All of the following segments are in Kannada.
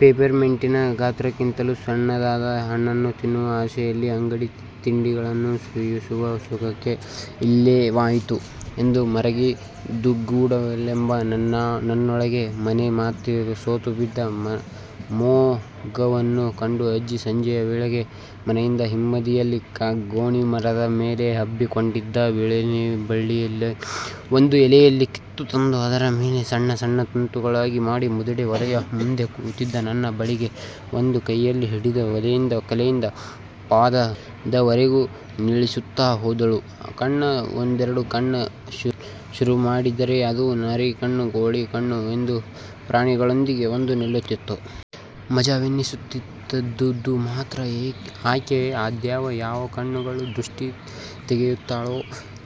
ಪೆಪ್ಪೆರ್ಮೆಂಟಿನ ಗಾತ್ರಕ್ಕಿಂತಲೂ ಸಣ್ಣದಾದಾ ಹಣ್ಣನು ತಿನ್ನುವ ಆಸೆಯಲ್ಲಿ ಅಂಗಡಿ ತಿಂಡಿಗಳನ್ನು ಸವಿಯುವ ಸುಖವೇ ಇಲ್ಲವಾಯಿತೆ' ಎಂದು ಮರುಗಿ ಧುಗುಡವೊಂದು ನನ್ನೊಳಗೆ ಮನೆಮಾಡುತಿತ್ತು. ಸೋತು ಬಿದ್ದ ಮೊಗವನ್ನು ಕಂಡು ಅಜ್ಜಿ, ಸಂಜೆಯ ವೇಳೆಗೆ ಮನೆಯ ಹಿಂಬದಿಯ ಗೋಣಿಮರದ ಮೇಲೆ ಹಬ್ಬಿಕೊಂಡಿದ್ದ ವೀಳೇದೆಲೆಯ ಬಳ್ಳಿಯಿಂದ ಒಂದು ಎಲೆಯನ್ನು ಕಿತ್ತು ತಂದು ಅದರ ಮೇಲೆಲ್ಲಾ ಸಣ್ಣ ಸಣ್ಣ ತೂತುಗಳನ್ನು ಮಾಡಿ, ಮುದುಡಿ ಒಲೆಯ ಮುಂದೆ ಕೂತಿದ್ದ ನನ್ನ ಬಳಿಗೆ ಬಂದು, ಕೈಯಲ್ಲಿ ಹಿಡಿದ ಎಲೆಯನ್ನು ತಲೆಯಿಂದ ಪಾದದವರೆಗೂ ನೀಳಿಸುತ್ತಾ 'ಹೋದೋರ್ ಕಣ್ಣ್, ಬಂದೋರ್ ಕಣ್ಣ್,' ಎಂದು ಶುರುಮಾಡಿದರೆ ಅದು 'ನರಿ ಕಣ್ಣ್, ಕೋಳಿ ಕಣ್ಣ್' ಎಂದು ಪ್ರಾಣಿಗಳವೆರೆಗೂ ಬಂದು ನಿಲ್ಲುತಿತ್ತು. ಮಜವೆನ್ನಿಸುತಿದ್ದದ್ದು ಮಾತ್ರ ಆಕೆ ಅದ್ಯಾವ ಯಾವ ಕಣ್ಣುಗಳ ದೃಷ್ಟಿ ತೆಗೆಯುತ್ತಾಳೆ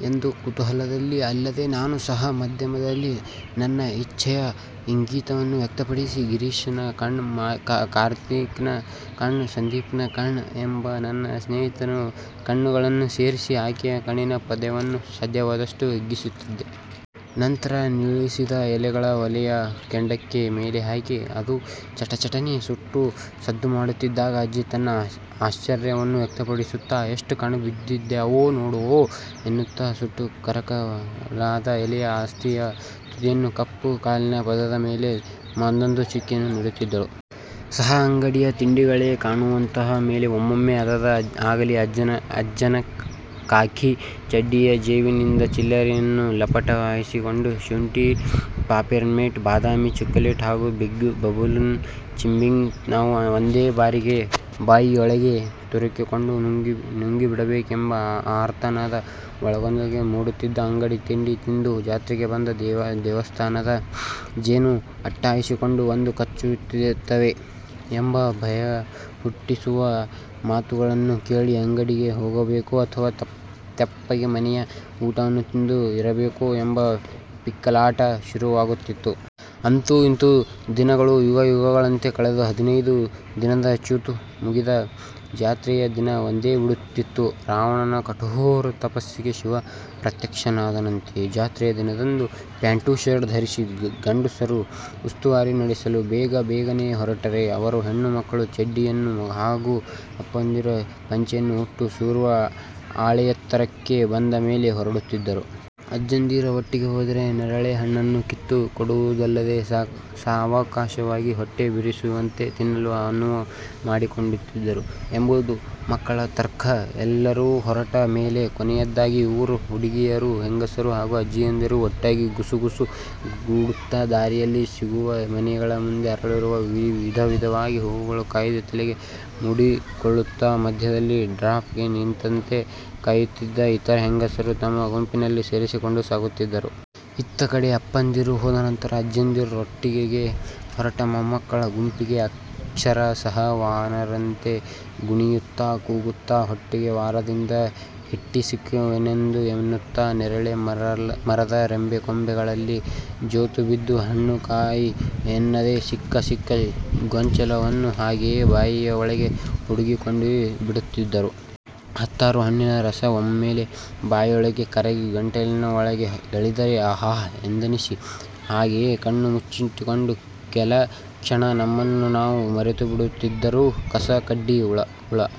ಎಂಬ ಕುತೂಹಲದಲ್ಲೇ. ಅಲ್ಲದೆ ನಾನು ಸಹ ಮದ್ಯದಲ್ಲಿ ನನ್ನ ಇಚ್ಛೆಯ ಇಂಗಿತವನ್ನು ವ್ಯಕ್ತಪಡಿಸಿ 'ಗಿರೀಶನ ಕಣ್ಣ್, ಕಾರ್ತಿಕನ ಕಣ್ಣ್, ಸಂದೀಪನ ಕಣ್ಣ್' ಎಂಬ ನನ್ನ ಸ್ನೇಹಿತರ ಕಣ್ಣುಗಳನ್ನೂ ಸೇರಿಸಿ ಆಕೆಯ ಕಣ್ಣಿನ ಪದ್ಯವನ್ನು ಸಾಧ್ಯವಾದಷ್ಟು ಹಿಗ್ಗಿಸುತ್ತಿದ್ದೆ. ನಂತರ ನೀಳಿಸಿದ ಎಲೆಯನ್ನು ಒಲೆಯ ಕೆಂಡದ ಮೇಲೆ ಹಾಕಿ ಅದು ಚಟ ಚಟನೆ ಸುಟ್ಟು ಸದ್ದುಮಾಡುತಿದ್ದಾಗ ಅಜ್ಜಿ ತನ್ನ ಆಶ್ಚರ್ಯವನ್ನು ವ್ಯಕ್ತಪಡಿಸುತ್ತಾ 'ಎಷ್ಟ್ ಕಣ್ಣ್ ಬಿದ್ದಿದಾವೆ ನೋಡು' ಎನ್ನುತ ಸುಟ್ಟು ಕರಕಲಾಗ ಎಲೆಯ ಅಸ್ತಿಯ ತುದಿಯ ಕಪ್ಪು ಮಸಿಯನ್ನು ಒತ್ತಿ ನನ್ನ ಹಣೆಯ ಹಾಗು ಕಾಲಿನ ಪಾದದ ಮೇಲೂ ಒಂದೊಂದು ಚುಕ್ಕೆಯನ್ನು ಹಿಡುತಿದ್ದಳು. ಸಹ ಅಂಗಡಿಯ ತಿಂಡಿಗಳೇ ಕಾಣುವಂತಾದ ಮೇಲೆ ಒಮ್ಮೊಮ್ಮೆ ಆದದ್ದು ಆಗಲಿ ಅಜ್ಜನ ಖಾಕಿ ಚಡ್ಡಿಯ ಜೇಬಿನಿಂದ ಚಿಲ್ಲರೆಯನ್ನು ಲಪಟಾಯಿಸಿ ಶುಂಠಿ ಪಾಪೆರ್ಮೆನ್ಟ್, ಬಾದಾಮಿ ಚಾಕಲೇಟು ಹಾಗು ಬಿಗ್ ಬಬೂಲ್ ಚೀವಿಂಗ್ ಗಮ್ ಅನ್ನು ಒಂದೇ ಬಾರಿಗೆ ಬಾಯಿಯೊಳಗೆ ತೂರಿಕೊಂಡು ನುಂಗಿಬಿಡಬೇಕೆಂಬ ಆರ್ತನಾದ ಒಳಗೊಳಗೇ ಮೂಡುತಿದ್ದರೂ 'ಅಂಗಡಿ ತಿಂಡಿ ತಿಂದು ಜಾತ್ರೆಗೆ ಬಂದ್ರೆ ದೇವಸ್ಥಾನದ ಜೇನು ಅಟ್ಟಾಡಿಸ್ಕೊಂಡು ಬಂದು ಕಚ್ಚುತ್ತವೆ' ಎಂಬ ಭಯಹುಟ್ಟಿಸುವ ಮಾತುಗಳನ್ನು ಕೇಳಿ ಅಂಗಡಿಗೆ ಹೋಗಬೇಕೋ ಅಥವಾ ತೆಪ್ಪಗೆ ಮನೆಯ ಊಟವನ್ನು ತಿಂದು ಇರಬೇಕೋ ಎಂಬ ಪೀಕಲಾಟ ಶುರುವಾಗುತ್ತಿತ್ತು. ಅಂತೂ ಇಂತೂ ದಿನಗಳು ಯುಗಗಳಂತೆ ಕಳೆದು ಹದಿನೈದು ದಿನದ ಚೌತ ಮುಗಿದು ಜಾತ್ರೆಯ ದಿನ ಬಂದೇ ಬಿಡುತಿತ್ತು. ರಾವಣನ ಕಠೋರ ತಪಸ್ಸಿಗೆ ಶಿವ ಪ್ರತ್ಯಕ್ಷನಾದದಂತೆ. ಜಾತ್ರೆಯ ದಿನದಂದು ಪ್ಯಾಂಟು ಶರ್ಟು ಧರಿಸಿದ ಗಂಡಸರು ಉಸ್ತುವಾರಿಯನ್ನು ನೋಡಿಕೊಳ್ಳಲು ಬೇಗ ಬೇಗನೆ ಹೊರಟರೆ ಅವರ ಮಕ್ಕಳು ಚಡ್ಡಿಯನ್ನು ಹಾಗು ಅಪ್ಪಂದಿರು ಪಂಚೆಯನ್ನು ಉಟ್ಟು ಸೂರ್ಯ ಆಳೆತ್ತರಕ್ಕೆ ಬಂದ ಮೇಲೆ ಹೊರಡುತ್ತಿದ್ದರು. ಅಜ್ಜಂದಿರ ಒಟ್ಟಿಗೆ ಹೋದರೆ ನೇರಳೆ ಹಣ್ಣನ್ನು ಕಿತ್ತು ಕೊಡುವುದಲ್ಲದೆ ಸಾವಕಾಶವಾಗಿ ಹೊಟ್ಟೆ ಬಿರಿಯುವಂತೆ ತಿನ್ನಲು ಅನುವು ಮಾಡಿಕೊಡುತಿದ್ದರು ಎಂಬುದು ಮಕ್ಕಳ ತರ್ಕ. ಎಲ್ಲರು ಹೊರಟ ಮೇಲೆ ಕೊನೆಯದಾಗಿ ಊರ ಹುಡುಗಿಯರು, ಹೆಂಗಸರು ಹಾಗು ಅಜ್ಜಿಯಂದಿರು ಒಟ್ಟಾಗಿ ಗುಸು ಗುಸು ಗುಡುತ್ತಾ ದಾರಿಯಲ್ಲಿ ಸಿಗುವ ಮನೆಗಳ ಮುಂದೆ ಅರಳಿರುವ ವಿಧ ವಿಧವಾದ ಹೂವುಗಳನ್ನು ಕೂಯ್ದು ತಲೆಗೆ ಮುಡಿದುಕೊಳ್ಳುತ್ತಾ, ಮದ್ಯದಲ್ಲಿ ಡ್ರಾಪ್ ಗೆ ನಿಂತಂತೆ ಕಾಯುತ್ತಿದ್ದ ಇತರ ಹೆಂಗಸರನ್ನೂ ತಮ್ಮ ಗುಂಪಿನೊಳಗೆ ಸೇರಿಸಿಕೊಂಡು ಸಾಗುತಿದ್ದರು. ಇತ್ತ ಕಡೆ ಅಪ್ಪಂದಿರು ಹೋದ ನಂತರ ಅಜ್ಜಂದಿರೊಟ್ಟಿಗೆ ಹೊರಟ ಮೊಮ್ಮಕಳ ಗುಂಪು ಅಕ್ಷರ ಸಹ ವಾನರರಂತೆ ಕುಣಿಯುತ್ತಾ, ಕೂಗುತ್ತ, ಹೊಟ್ಟೆಗೆ ವಾರದಿಂದ ಹಿಟ್ಟೇ ಸಿಕ್ಕಿಲ್ಲವೇನೋ ಎಂಬಂತೆ ನೆರೆಲೆ ಮರದ ರೆಂಬೆ ಕೊಂಬೆ ಗಳಲ್ಲಿ ಜೋತುಬಿದ್ದು ಹಣ್ಣು, ಕಾಯಿ ಎನ್ನದೆ ಸಿಕ್ಕ ಸಿಕ್ಕ ಗೊಂಚಲನ್ನು ಹಾಗೆಯೆ ಬಾಯಿಯ ಒಳಗೆ ಗಿಡುಗಿಕೊಂಡುಬಿಡುತ್ತಿದ್ದರು. ಹತ್ತಾರು ಹಣ್ಣಿನ ರಸ ಒಮ್ಮೆಲೇ ಬಾಯೊಳಗೆ ಕರಗಿ ಗಂಟಲಿನ ಒಳಗೆ ಇಳಿದರೆ ಆಹಾ! ಎಂದನಿಸಿ ಹಾಗೆಯೆ ಕಣ್ಣು ಮುಚ್ಚಿಕೊಂಡು ಕೆಲ ಕ್ಷಣ ನಮ್ಮನ್ನೇ ನಾವು ಮರೆತುಬಿಡುತ್ತಿದ್ದರು.'ಕಸ-ಕಡ್ಡಿ, ಉಳ